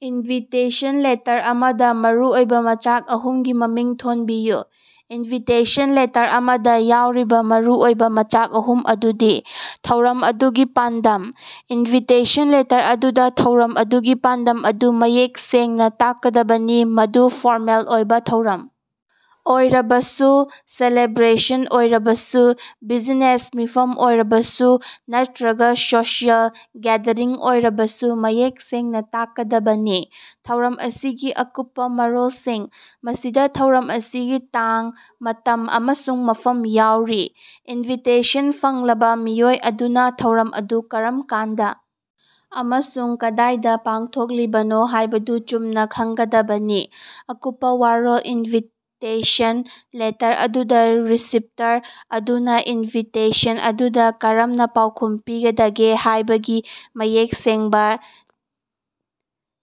Invitation letter ꯑꯃꯗꯥ ꯃꯔꯨꯑꯣꯏꯕꯥ ꯃꯆꯥꯛ ꯑꯍꯨꯝꯒꯤ ꯃꯃꯤꯡ ꯊꯣꯟꯕꯤꯌꯨ꯫ ꯏꯟꯚꯤꯇꯦꯁꯟ ꯂꯦꯇꯔ ꯑꯃꯗꯥ ꯌꯥꯎꯔꯤꯕꯥ ꯃꯔꯨꯑꯣꯏꯕꯥ ꯃꯆꯥꯛ ꯑꯍꯨꯝ ꯑꯗꯨꯗꯤ: ꯊꯧꯔꯝ ꯑꯗꯨꯒꯤ ꯄꯥꯟꯗꯝ: ꯏꯟꯚꯤꯇꯦꯁꯟ ꯂꯦꯇꯔ ꯑꯗꯨꯗꯥ ꯊꯧꯔꯝ ꯑꯗꯨꯒꯤ ꯄꯥꯟꯗꯝ ꯑꯗꯨ ꯃꯌꯦꯛ ꯁꯦꯡꯅꯥ ꯇꯥꯛꯀꯗꯕꯅꯤ, ꯃꯗꯨ ꯐꯣꯔꯃꯦꯜ ꯑꯣꯏꯕꯥ ꯊꯧꯔꯝ ꯑꯣꯏꯔꯕꯁꯨ, ꯁꯦꯂꯦꯕ꯭ꯔꯦꯁꯟ ꯑꯣꯏꯔꯕꯁꯨ, ꯕꯤꯖꯤꯅꯦꯁ ꯃꯤꯐꯝ ꯑꯣꯏꯔꯕꯁꯨ ꯅꯠꯇ꯭ꯔꯒꯥ ꯁꯣꯁꯤꯑꯦꯜ ꯒꯦꯗꯔꯤꯡ ꯑꯣꯏꯔꯕꯁꯨ ꯃꯌꯦꯛ ꯁꯦꯡꯅꯥ ꯇꯥꯛꯀꯥꯗꯕꯅꯤ꯫ ꯊꯧꯔꯝ ꯑꯁꯤꯒꯤ ꯑꯀꯨꯞꯄꯥ ꯃꯔꯣꯜꯁꯤꯡ: ꯃꯁꯤꯗꯥ ꯊꯧꯔꯝ ꯑꯁꯤꯒꯤ ꯇꯥꯡ, ꯃꯇꯝ ꯑꯃꯁꯨꯡ ꯃꯐꯝ ꯌꯥꯎꯔꯤ꯫ ꯏꯟꯚꯤꯇꯦꯁꯟ ꯐꯪꯂꯕꯥ ꯃꯤꯑꯣꯏ ꯑꯗꯨꯅꯥ ꯊꯧꯔꯝ ꯑꯗꯨ ꯀꯔꯝ ꯀꯥꯟꯗꯥ ꯑꯃꯁꯨꯡ ꯀꯗꯥꯏꯗꯥ ꯄꯥꯡꯊꯣꯛꯂꯤꯕꯅꯣ ꯍꯥꯏꯕꯗꯨ ꯆꯨꯝꯅꯥ ꯈꯪꯒꯗꯕꯅꯤ꯫ ꯑꯀꯨꯞꯄꯥ ꯋꯔꯣꯜ ꯏꯟꯚꯤꯇꯦꯁꯟ ꯂꯦꯇꯔ ꯑꯗꯨꯗꯥ ꯔꯤꯁꯤꯞꯇꯔ ꯑꯗꯨꯅꯥ ꯏꯟꯚꯤꯇꯦꯁꯟ ꯑꯗꯨꯗꯥ ꯀꯔꯝꯅꯥ ꯄꯥꯎꯈꯨꯝ ꯄꯤꯒꯗꯒꯦ ꯍꯥꯏꯕꯒꯤ ꯃꯌꯦꯛ ꯁꯦꯡꯕꯥ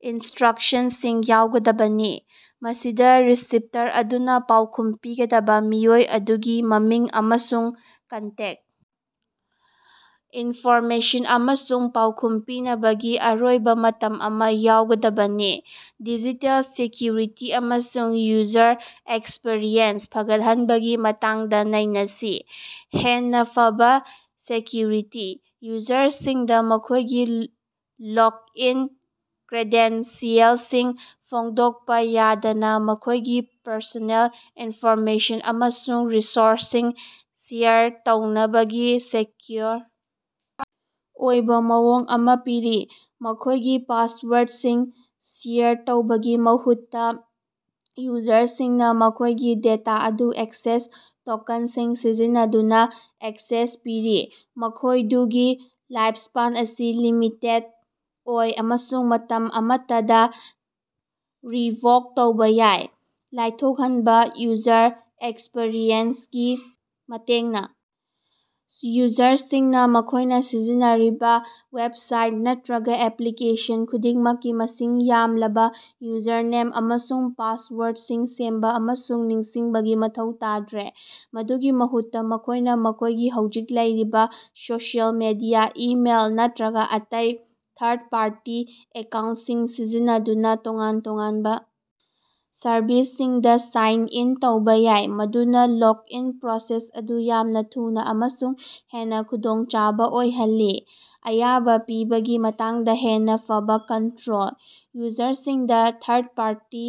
ꯏꯟꯁꯇ꯭ꯔꯛꯁꯟꯁꯤꯡ ꯌꯥꯎꯒꯗꯕꯅꯤ꯫ ꯃꯁꯤꯗꯥ ꯔꯤꯁꯤꯞꯇꯔ ꯑꯗꯨꯅꯥ ꯄꯥꯎꯈꯨꯝ ꯄꯤꯒꯗꯕꯥ ꯃꯤꯑꯣꯏ ꯑꯗꯨꯒꯤ ꯃꯃꯤꯡ ꯑꯃꯁꯨꯡ ꯀꯟꯇꯦꯛ ꯏꯟꯐꯣꯔꯃꯦꯁꯟ ꯑꯃꯁꯨꯡ ꯄꯥꯎꯈꯨꯝ ꯄꯤꯅꯕꯒꯤ ꯑꯔꯣꯏꯕꯥ ꯃꯇꯝ ꯑꯃꯥ ꯌꯥꯎꯒꯗꯕꯅꯤ꯫ ꯗꯤꯖꯤꯇꯦꯜ ꯁꯦꯀ꯭ꯌꯨꯔꯤꯇꯤ ꯑꯃꯁꯨꯡ ꯌꯨꯖꯔ ꯑꯦꯛꯁꯄꯤꯔꯤꯑꯦꯟꯁ ꯐꯒꯠꯍꯟꯕꯒꯤ ꯃꯇꯥꯡꯗꯥ ꯅꯩꯅꯁꯤ꯫ ꯍꯦꯟꯅꯥ ꯐꯕꯥ ꯁꯦꯀ꯭ꯌꯨꯔꯤꯇꯤ: ꯌꯨꯖꯔꯁꯤꯡꯗꯥ ꯃꯈꯣꯏꯒꯤ ꯂꯣꯛꯏꯟ ꯀ꯭ꯔꯦꯗꯦꯟꯁꯤꯑꯦꯜꯁꯤꯡ ꯐꯣꯡꯗꯣꯛꯄꯥ ꯌꯥꯗꯅꯥ ꯃꯈꯣꯏꯒꯤ ꯄꯔꯁꯣꯅꯦꯜ ꯏꯟꯐꯣꯔꯃꯦꯁꯟ ꯑꯃꯁꯨꯡ ꯔꯤꯁꯣꯔꯁꯁꯤꯡ ꯁꯦꯌꯔ ꯇꯧꯅꯕꯒꯤ ꯁꯦꯀ꯭ꯌꯨꯑꯣꯔ ꯑꯣꯏꯕꯥ ꯃꯑꯣꯡ ꯑꯃꯥ ꯄꯤꯔꯤ꯫ ꯃꯈꯣꯏꯒꯤ ꯄꯥꯁꯋꯥꯔꯗꯁꯤꯡ ꯁꯦꯌꯔ ꯇꯧꯕꯒꯤ ꯃꯍꯨꯠꯇꯥ, ꯌꯨꯖꯔꯁꯤꯡꯅꯥ ꯃꯈꯣꯏꯒꯤ ꯗꯦꯇꯥ ꯑꯗꯨ ꯑꯦꯛꯁꯦꯁ ꯇꯣꯀꯟꯁꯤꯡ ꯁꯤꯖꯤꯟꯅꯗꯨꯅꯥ ꯑꯦꯛꯁꯦꯁ ꯄꯤꯔꯤ, ꯃꯈꯣꯏꯗꯨꯒꯤ ꯂꯥꯏꯞꯁ꯭ꯄꯦꯟ ꯑꯁꯤ ꯂꯤꯃꯤꯇꯦꯗ ꯑꯣꯏ ꯑꯃꯁꯨꯡ ꯃꯇꯝ ꯑꯃꯠꯇꯗꯥ ꯔꯤꯚꯣꯛ ꯇꯧꯕꯥ ꯌꯥꯏ꯫ ꯂꯥꯏꯊꯣꯛꯍꯟꯕꯥ ꯌꯨꯖꯔ ꯑꯦꯛꯁꯄꯤꯔꯤꯑꯦꯟꯁꯒꯤ ꯃꯇꯦꯡꯅꯥ ꯌꯨꯖꯔꯁꯤꯡꯅꯥ ꯃꯈꯣꯏꯅꯥ ꯁꯤꯖꯤꯟꯅꯔꯤꯕꯥ ꯋꯦꯞꯁꯥꯏꯠ ꯅꯠꯇ꯭ꯔꯒꯥ ꯑꯦꯄ꯭ꯂꯤꯀꯦꯁꯟ ꯈꯨꯗꯤꯡꯃꯛꯀꯤ ꯃꯁꯤꯡ ꯌꯥꯝꯂꯕꯥ ꯌꯨꯖꯔꯅꯦꯝ ꯑꯃꯁꯨꯡ ꯄꯥꯁꯋꯥꯔꯠꯁꯤꯡ ꯁꯦꯝꯕꯥ ꯑꯃꯁꯨꯡ ꯅꯤꯡꯁꯤꯡꯕꯒꯤ ꯃꯊꯧ ꯇꯥꯗ꯭ꯔꯦ꯫ ꯃꯗꯨꯒꯤ ꯃꯍꯨꯠꯇꯥ, ꯃꯈꯣꯏꯅꯥ ꯃꯈꯣꯏꯒꯤ ꯍꯧꯖꯤꯛ ꯂꯩꯔꯤꯕꯥ ꯁꯣꯁꯤꯑꯦꯜ ꯃꯤꯗꯤꯌꯥ, ꯏꯃꯦꯜ ꯅꯠꯇ꯭ꯔꯒꯥ ꯑꯇꯩ ꯊꯥꯔꯗ ꯄꯥꯔꯇꯤ ꯑꯦꯀꯥꯎꯟꯁꯤꯡ ꯁꯤꯖꯤꯟꯅꯗꯨꯅꯥ ꯇꯣꯉꯥꯟ-ꯇꯣꯉꯥꯟꯕꯥ ꯁꯔꯚꯤꯁꯁꯤꯡꯗꯥ ꯁꯥꯏꯟ ꯏꯟ ꯇꯧꯕꯥ ꯌꯥꯏ, ꯃꯗꯨꯅꯥ ꯂꯣꯛꯏꯟ ꯄ꯭ꯔꯣꯁꯦꯁ ꯑꯗꯨ ꯌꯥꯝꯅꯥ ꯊꯨꯅꯥ ꯑꯃꯁꯨꯡ ꯍꯦꯟꯅꯥ ꯈꯨꯗꯣꯡꯆꯥꯕꯥ ꯑꯣꯏꯍꯜꯂꯤ꯫ ꯑꯌꯥꯕꯥ ꯄꯤꯕꯒꯤ ꯃꯇꯥꯡꯗꯥ ꯍꯦꯟꯅꯥ ꯐꯕꯥ ꯀꯟꯇ꯭ꯔꯣꯜ: ꯌꯨꯖꯔꯁꯤꯡꯗꯥ ꯊꯥꯔꯗ ꯄꯥꯔꯇꯤ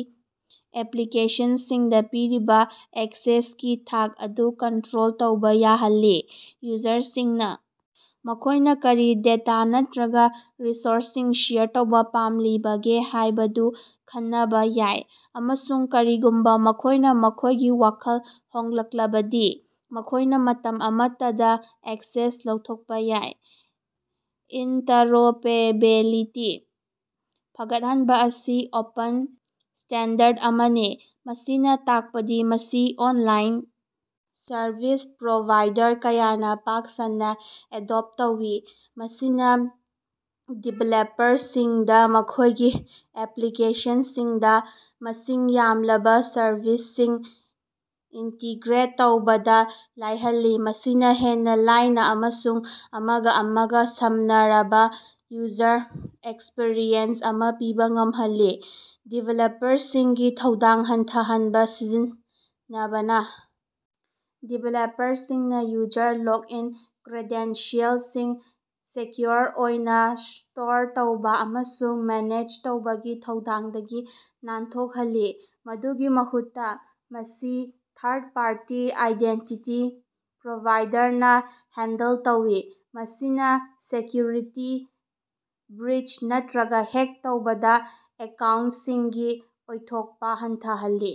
ꯑꯦꯄ꯭ꯂꯤꯀꯦꯁꯟꯁꯤꯡꯗꯥ ꯄꯤꯔꯤꯕꯥ ꯑꯦꯛꯁꯦꯁꯀꯤ ꯊꯥꯛ ꯑꯗꯨ ꯀꯟꯇ꯭ꯔꯣꯜ ꯇꯧꯕꯥ ꯌꯥꯍꯜꯂꯤ꯫ ꯌꯨꯖꯔꯁꯤꯡꯅꯥ ꯃꯈꯣꯏꯅꯥ ꯀꯔꯤ ꯗꯦꯇꯥ ꯅꯠꯇ꯭ꯔꯒꯥ ꯔꯤꯁꯣꯔꯁꯁꯤꯡ ꯁꯦꯌꯔ ꯇꯧꯕꯥ ꯄꯥꯝꯂꯤꯕꯒꯦ ꯍꯥꯏꯕꯗꯨ ꯈꯅꯕꯥ ꯌꯥꯏ ꯑꯃꯁꯨꯡ ꯀꯔꯤꯒꯨꯝꯕꯥ ꯃꯈꯣꯏꯅꯥ ꯃꯈꯣꯏꯒꯤ ꯋꯥꯈꯜ ꯍꯣꯡꯂꯛꯂꯕꯗꯤ ꯃꯈꯣꯏꯅꯥ ꯃꯇꯝ ꯑꯃꯠꯇꯗꯥ ꯑꯦꯛꯁꯦꯁ ꯂꯧꯊꯣꯛꯄꯥ ꯌꯥꯏ꯫ ꯏꯟꯇꯔꯑꯣꯄꯔꯦꯕꯤꯂꯤꯇꯤ ꯐꯒꯠꯍꯟꯕꯥ ꯑꯁꯤ ꯑꯣꯄꯟ ꯁ꯭ꯇꯦꯟꯗꯔ ꯑꯃꯅꯤ, ꯃꯁꯤꯅꯥ ꯇꯥꯛꯄꯗꯤ ꯃꯁꯤ ꯑꯣꯟꯂꯥꯏꯟ ꯁꯔꯚꯤꯁ ꯄ꯭ꯔꯣꯚꯥꯏꯗꯔ ꯀꯌꯥꯅꯥ ꯄꯥꯛ ꯁꯟꯅꯥ ꯑꯦꯗꯣꯞ ꯇꯧꯏ꯫ ꯃꯁꯤꯅꯥ ꯗꯤꯚꯦꯂꯞꯄꯔꯁꯤꯡꯗꯥ ꯃꯈꯣꯏꯒꯤ ꯑꯦꯄ꯭ꯂꯤꯀꯦꯁꯟꯁꯤꯡꯗꯥ ꯃꯁꯤꯡ ꯌꯥꯝꯂꯕꯥ ꯁꯔꯚꯤꯁꯁꯤꯡ ꯏꯟꯇꯤꯒ꯭ꯔꯦꯠ ꯇꯧꯕꯗꯥ ꯂꯥꯏꯍꯜꯂꯤ, ꯃꯁꯤꯅꯥ ꯍꯦꯟꯅꯥ ꯂꯥꯏꯅꯥ ꯑꯃꯁꯨꯡ ꯑꯃꯒꯥ ꯑꯃꯒꯥ ꯁꯝꯅꯔꯕꯥ ꯌꯨꯖꯔ ꯑꯦꯛꯁꯄꯤꯔꯤꯑꯦꯟꯁ ꯑꯃꯥ ꯄꯤꯕꯥ ꯉꯝꯍꯜꯂꯤ꯫ ꯗꯤꯚꯦꯂꯞꯄꯔꯁꯤꯡꯒꯤ ꯊꯧꯗꯥꯡ ꯍꯟꯊꯍꯟꯕꯥ ꯁꯤꯖꯤꯟꯅꯕꯅꯥ ꯗꯤꯚꯦꯂꯞꯄꯔꯁꯤꯡꯅꯥ ꯌꯨꯖꯔ ꯂꯣꯛꯏꯟ ꯀ꯭ꯔꯦꯗꯦꯟꯁꯤꯑꯦꯜꯁꯤꯡ ꯁꯦꯀ꯭ꯌꯨꯑꯣꯔ ꯑꯣꯏꯅꯥ ꯁ꯭ꯇꯣꯔ ꯇꯧꯕꯥ ꯑꯃꯁꯨꯡ ꯃꯦꯅꯦꯖ ꯇꯧꯕꯒꯤ ꯊꯧꯗꯥꯡꯗꯒꯤ ꯅꯥꯟꯊꯣꯛꯍꯜꯂꯤ꯫ ꯃꯗꯨꯒꯤ ꯃꯍꯨꯠꯇꯥ, ꯃꯁꯤ ꯊꯥꯔꯗ ꯄꯥꯔꯇꯤ ꯑꯥꯏꯗꯦꯟꯇꯤꯇꯤ ꯄ꯭ꯔꯣꯚꯥꯏꯗꯔꯅꯥ ꯍꯦꯟꯗꯜ ꯇꯧꯏ, ꯃꯁꯤꯅꯥ ꯁꯦꯀ꯭ꯌꯨꯔꯤꯇꯤ ꯕ꯭ꯔꯤꯆ ꯅꯠꯇ꯭ꯔꯒꯥ ꯍꯦꯛ ꯇꯧꯔꯕꯥ ꯑꯦꯀꯥꯎꯟꯁꯤꯡꯒꯤ ꯑꯣꯏꯊꯣꯛꯄꯥ ꯍꯟꯊꯍꯜꯂꯤ꯫